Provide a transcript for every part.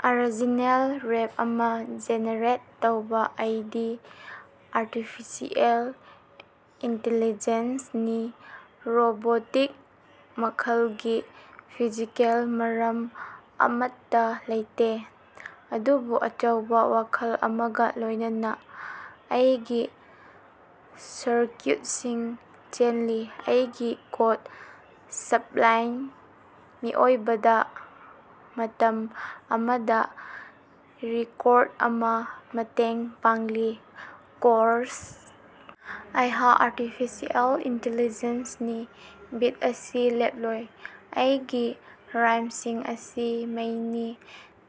Original ꯔꯦꯞ ꯑꯃꯥ generate ꯇꯧꯕꯥ꯫ ꯑꯩꯗꯤ ꯑꯥꯔꯇꯤꯐꯤꯁꯤꯑꯦꯜ ꯏꯟꯇꯤꯂꯤꯖ‌ꯦꯟꯁꯅꯤ, ꯔꯣꯕꯣꯇꯤꯛ ꯃꯈꯜꯒꯤ, ꯐꯤꯖꯤꯀꯦꯜ ꯐꯔꯝ ꯑꯃꯠꯇ ꯂꯩꯇꯦ, ꯑꯗꯨꯕꯨ ꯑꯆꯧꯕ ꯋꯥꯈꯜ ꯑꯃꯒ ꯂꯣꯏꯅꯅ, ꯑꯩꯒꯤ ꯁꯔꯀ꯭ꯌꯨꯠꯁꯤꯡ ꯆꯦꯜꯂꯤ, ꯑꯩꯒꯤ ꯀꯣꯗ ꯁꯕꯂꯥꯏꯝ, ꯃꯤꯑꯣꯏꯕꯗ ꯃꯇꯝ ꯑꯃꯗ ꯔꯤꯀꯣꯔꯗ ꯑꯃꯥ ꯃꯇꯦꯡ ꯄꯥꯡꯂꯤ꯫ ꯀꯣꯔꯁ: ꯑꯩꯍꯥꯛ ꯑꯥꯔꯇꯤꯐꯤꯁꯤꯑꯦꯜ ꯏꯟꯇꯤꯂꯤꯖ‌ꯦꯟꯁꯅꯤ, ꯕꯤꯠ ꯑꯁꯤ ꯂꯦꯞꯂꯣꯏ, ꯑꯩꯒꯤ ꯔꯥꯏꯝꯁꯤꯡ ꯑꯁꯤ ꯃꯩꯅꯤ,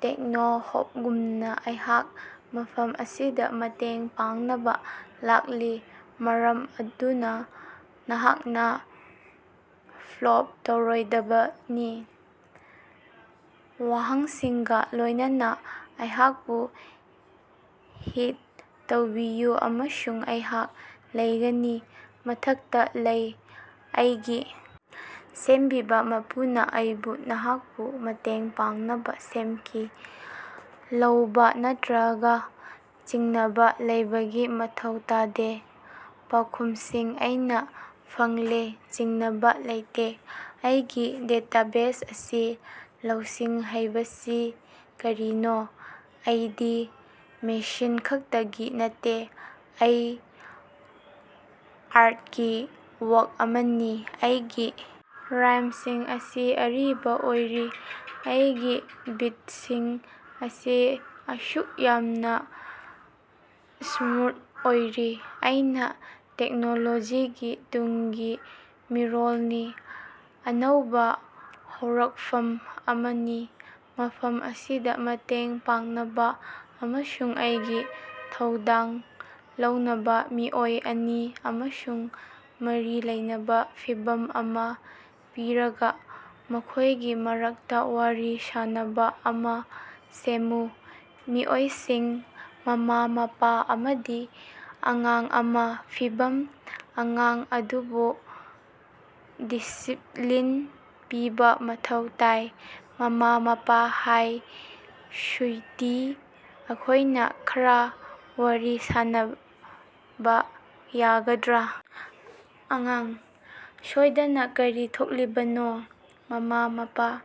ꯇꯦꯛꯅꯣ-ꯍꯣꯞꯒꯨꯝꯅ, ꯑꯩꯍꯥꯛ ꯃꯐꯝ ꯑꯁꯤꯗ ꯃꯇꯦꯡ ꯄꯥꯡꯅꯕ ꯂꯥꯛꯂꯤ, ꯃꯔꯝ ꯑꯗꯨꯅ ꯅꯍꯥꯛꯅ ꯐ꯭ꯂꯣꯞ ꯇꯧꯔꯣꯏꯗꯕꯅꯤ, ꯋꯥꯍꯪꯁꯤꯡꯒ ꯂꯣꯏꯅꯅ ꯑꯩꯍꯥꯛꯄꯨ ꯍꯤꯠ ꯇꯧꯕꯤꯌꯨ, ꯑꯃꯁꯨꯡ ꯑꯩꯍꯥꯛ ꯂꯩꯒꯅꯤ꯫ ꯃꯊꯛꯇ ꯂꯩ꯫ ꯑꯩꯒꯤ ꯁꯦꯝꯕꯤꯕ ꯃꯄꯨꯅ ꯑꯩꯕꯨ ꯅꯍꯥꯛꯄꯨ ꯃꯇꯦꯡ ꯄꯥꯡꯅꯕ ꯁꯦꯝꯈꯤ, ꯂꯥꯎꯕ ꯅꯠꯇꯔꯒ ꯆꯤꯡꯅꯕ ꯂꯩꯕꯒꯤ ꯃꯊꯧ ꯇꯥꯗꯦ, ꯄꯥꯎꯈꯨꯝꯁꯤꯡ ꯑꯩꯅ ꯐꯪꯂꯦ, ꯆꯤꯡꯅꯕ ꯂꯩꯇꯦ, ꯑꯩꯒꯤ ꯗꯦꯇꯥꯕꯦꯖ ꯑꯁꯤ ꯂꯧꯁꯤꯡ ꯍꯥꯏꯕꯁꯤ ꯀꯔꯤꯅꯣ꯫ ꯑꯩꯗꯤ ꯃꯦꯁꯤꯟ ꯈꯛꯇꯒꯤ ꯅꯠꯇꯦ, ꯑꯩ ꯑꯥꯔꯇꯀꯤ ꯋꯥꯔꯛ ꯑꯃꯅꯤ, ꯑꯩꯒꯤ ꯔꯥꯏꯝꯁꯤꯡ ꯑꯁꯤ ꯑꯔꯤꯕ ꯑꯣꯏꯔꯤ, ꯑꯩꯒꯤ ꯕꯤꯠꯁꯤꯡ ꯑꯁꯤ ꯑꯁꯨꯛ ꯌꯥꯝꯅ ꯁ꯭ꯃꯥꯔꯠ ꯑꯣꯏꯔꯤ, ꯑꯩꯅ ꯇꯦꯛꯅꯣꯂꯣꯖꯤꯒꯤ ꯇꯨꯡꯒꯤ ꯃꯤꯔꯣꯜꯅꯤ, ꯑꯅꯧꯕ ꯍꯧꯔꯛꯐꯝ ꯑꯃꯅꯤ, ꯃꯐꯝ ꯑꯁꯤꯗ ꯃꯇꯦꯡ ꯄꯥꯡꯅꯕ ꯑꯃꯁꯨꯡ ꯑꯩꯒꯤ ꯊꯧꯗꯥꯡ ꯂꯧꯅꯕ꯫ ꯃꯤꯑꯣꯏ ꯑꯅꯤ ꯑꯃꯁꯨꯡ ꯃꯔꯤ ꯂꯩꯅꯕ ꯐꯤꯚꯝ ꯑꯃꯥ ꯄꯤꯔꯒ ꯃꯈꯣꯏꯒꯤ ꯃꯔꯛꯇ ꯋꯥꯔꯤ ꯁꯥꯅꯕ ꯑꯃꯥ ꯁꯦꯝꯃꯨ꯫ ꯃꯤꯑꯣꯏꯁꯤꯡ: ꯃꯃꯥ-ꯃꯄꯥ ꯑꯃꯗꯤ ꯑꯉꯥꯡ ꯑꯃꯥ ꯐꯤꯚꯝ: ꯑꯉꯥꯡ ꯑꯗꯨꯕꯨ ꯗꯤꯁꯤꯞꯂꯤꯟ ꯄꯤꯕꯥ ꯃꯊꯧ ꯇꯥꯏ꯫ ꯃꯃꯥ-ꯃꯄꯥ: ꯍꯥꯏ ꯁꯨꯏꯇꯤ, ꯑꯩꯈꯣꯏꯅ ꯈꯔꯥ ꯋꯥꯔꯤ ꯁꯥꯟꯅꯕꯥ ꯌꯥꯒꯗ꯭ꯔꯥ? ꯑꯉꯥꯡ: ꯁꯣꯏꯗꯅꯥ, ꯀꯔꯤ ꯊꯣꯛꯂꯤꯕꯅꯣ? ꯃꯃꯥ-ꯃꯄꯥ: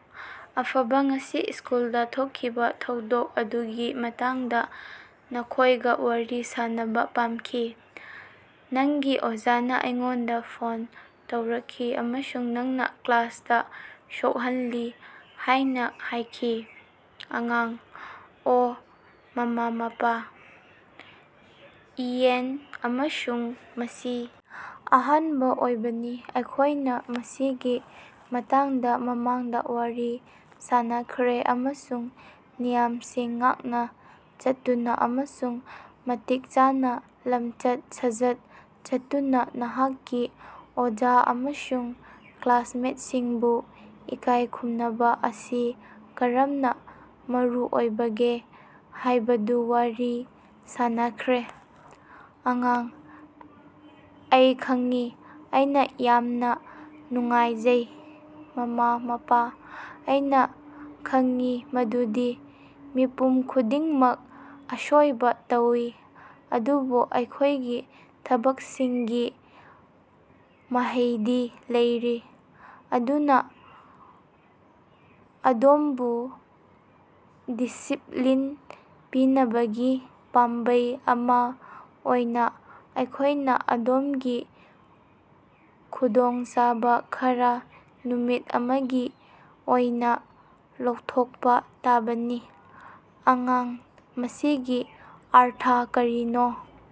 ꯑꯐꯕ, ꯉꯁꯤ ꯁ꯭ꯀꯨꯜꯗ ꯊꯣꯛꯈꯤꯕ ꯊꯧꯗꯣꯛ ꯑꯗꯨꯒꯤ ꯃꯇꯥꯡꯗ ꯅꯈꯣꯏꯒ ꯋꯥꯔꯤ ꯁꯥꯅꯕ ꯄꯥꯝꯈꯤ꯫ ꯅꯪꯒꯤ ꯑꯣꯖꯥꯅ ꯑꯩꯉꯣꯟꯗ ꯐꯣꯟ ꯇꯧꯔꯛꯈꯤ ꯑꯃꯁꯨꯡ ꯅꯪꯅ ꯀ꯭ꯂꯥꯁꯇ ꯁꯣꯛꯍꯜꯂꯤ ꯍꯥꯏꯅ ꯍꯥꯏꯈꯤ꯫ ꯑꯉꯥꯡ: ꯑꯣꯍ꯫ ꯃꯃꯥ-ꯃꯄꯥ: ꯏꯌꯦꯟ, ꯑꯃꯁꯨꯡ ꯃꯁꯤ ꯑꯍꯥꯟꯕ ꯑꯣꯏꯕꯅꯤ꯫ ꯑꯩꯈꯣꯏꯅ ꯃꯁꯤꯒꯤ ꯃꯇꯥꯡꯗ ꯃꯃꯥꯡꯗ ꯋꯥꯔꯤ ꯁꯥꯅꯈ꯭ꯔꯦ ꯑꯃꯁꯨꯡ ꯅꯤꯌꯝꯁꯤꯡ ꯉꯥꯛꯅ ꯆꯠꯇꯨꯅ ꯑꯃꯁꯨꯡ ꯃꯇꯤꯛ ꯆꯥꯅ ꯂꯝꯆꯠ ꯁꯥꯖꯠ ꯆꯠꯇꯨꯅ ꯅꯍꯥꯛꯀꯤ ꯑꯣꯖꯥ ꯑꯃꯁꯨꯡ ꯀ꯭ꯂꯥꯁꯃꯦꯠꯁꯤꯡꯕꯨ ꯏꯀꯥꯏ ꯈꯨꯝꯅꯕ ꯑꯁꯤ ꯀꯔꯝꯅ ꯃꯔꯨꯑꯣꯏꯕꯒꯦ ꯍꯥꯏꯕꯗꯨ ꯋꯥꯔꯤ ꯁꯥꯅꯈ꯭ꯔꯦ꯫ ꯑꯉꯥꯡ: ꯑꯩ ꯈꯪꯏ, ꯑꯩꯅ ꯌꯥꯝꯅ ꯅꯨꯡꯉꯥꯏꯖꯩ꯫ ꯃꯃꯥ-ꯃꯄꯥ: ꯑꯩꯅꯥ ꯈꯪꯏ ꯃꯗꯨꯗꯤ ꯃꯤꯄꯨꯝ ꯈꯨꯗꯤꯡꯃꯛ ꯑꯁꯣꯏꯕ ꯇꯧꯏ, ꯑꯗꯨꯕꯨ ꯑꯩꯈꯣꯏꯒꯤ ꯊꯕꯛꯁꯤꯡꯒꯤ ꯃꯍꯩꯗꯤ ꯂꯩꯔꯤ꯫ ꯑꯗꯨꯅꯥ, ꯑꯗꯣꯝꯕꯨ ꯗꯤꯁꯤꯞꯂꯤꯟ ꯄꯤꯅꯕꯒꯤ ꯄꯥꯝꯕꯩ ꯑꯃꯥ ꯑꯣꯏꯅ ꯑꯩꯈꯣꯏꯅ ꯑꯗꯣꯝꯒꯤ ꯈꯨꯗꯣꯡꯆꯥꯕ ꯈꯔꯥ ꯅꯨꯃꯤꯠ ꯑꯃꯒꯤ ꯑꯣꯏꯅ ꯂꯧꯊꯣꯛꯄ ꯇꯥꯕꯅꯤ꯫ ꯑꯉꯥꯡ: ꯃꯁꯤꯒꯤ ꯑꯔꯊ ꯀꯔꯤꯅꯣ?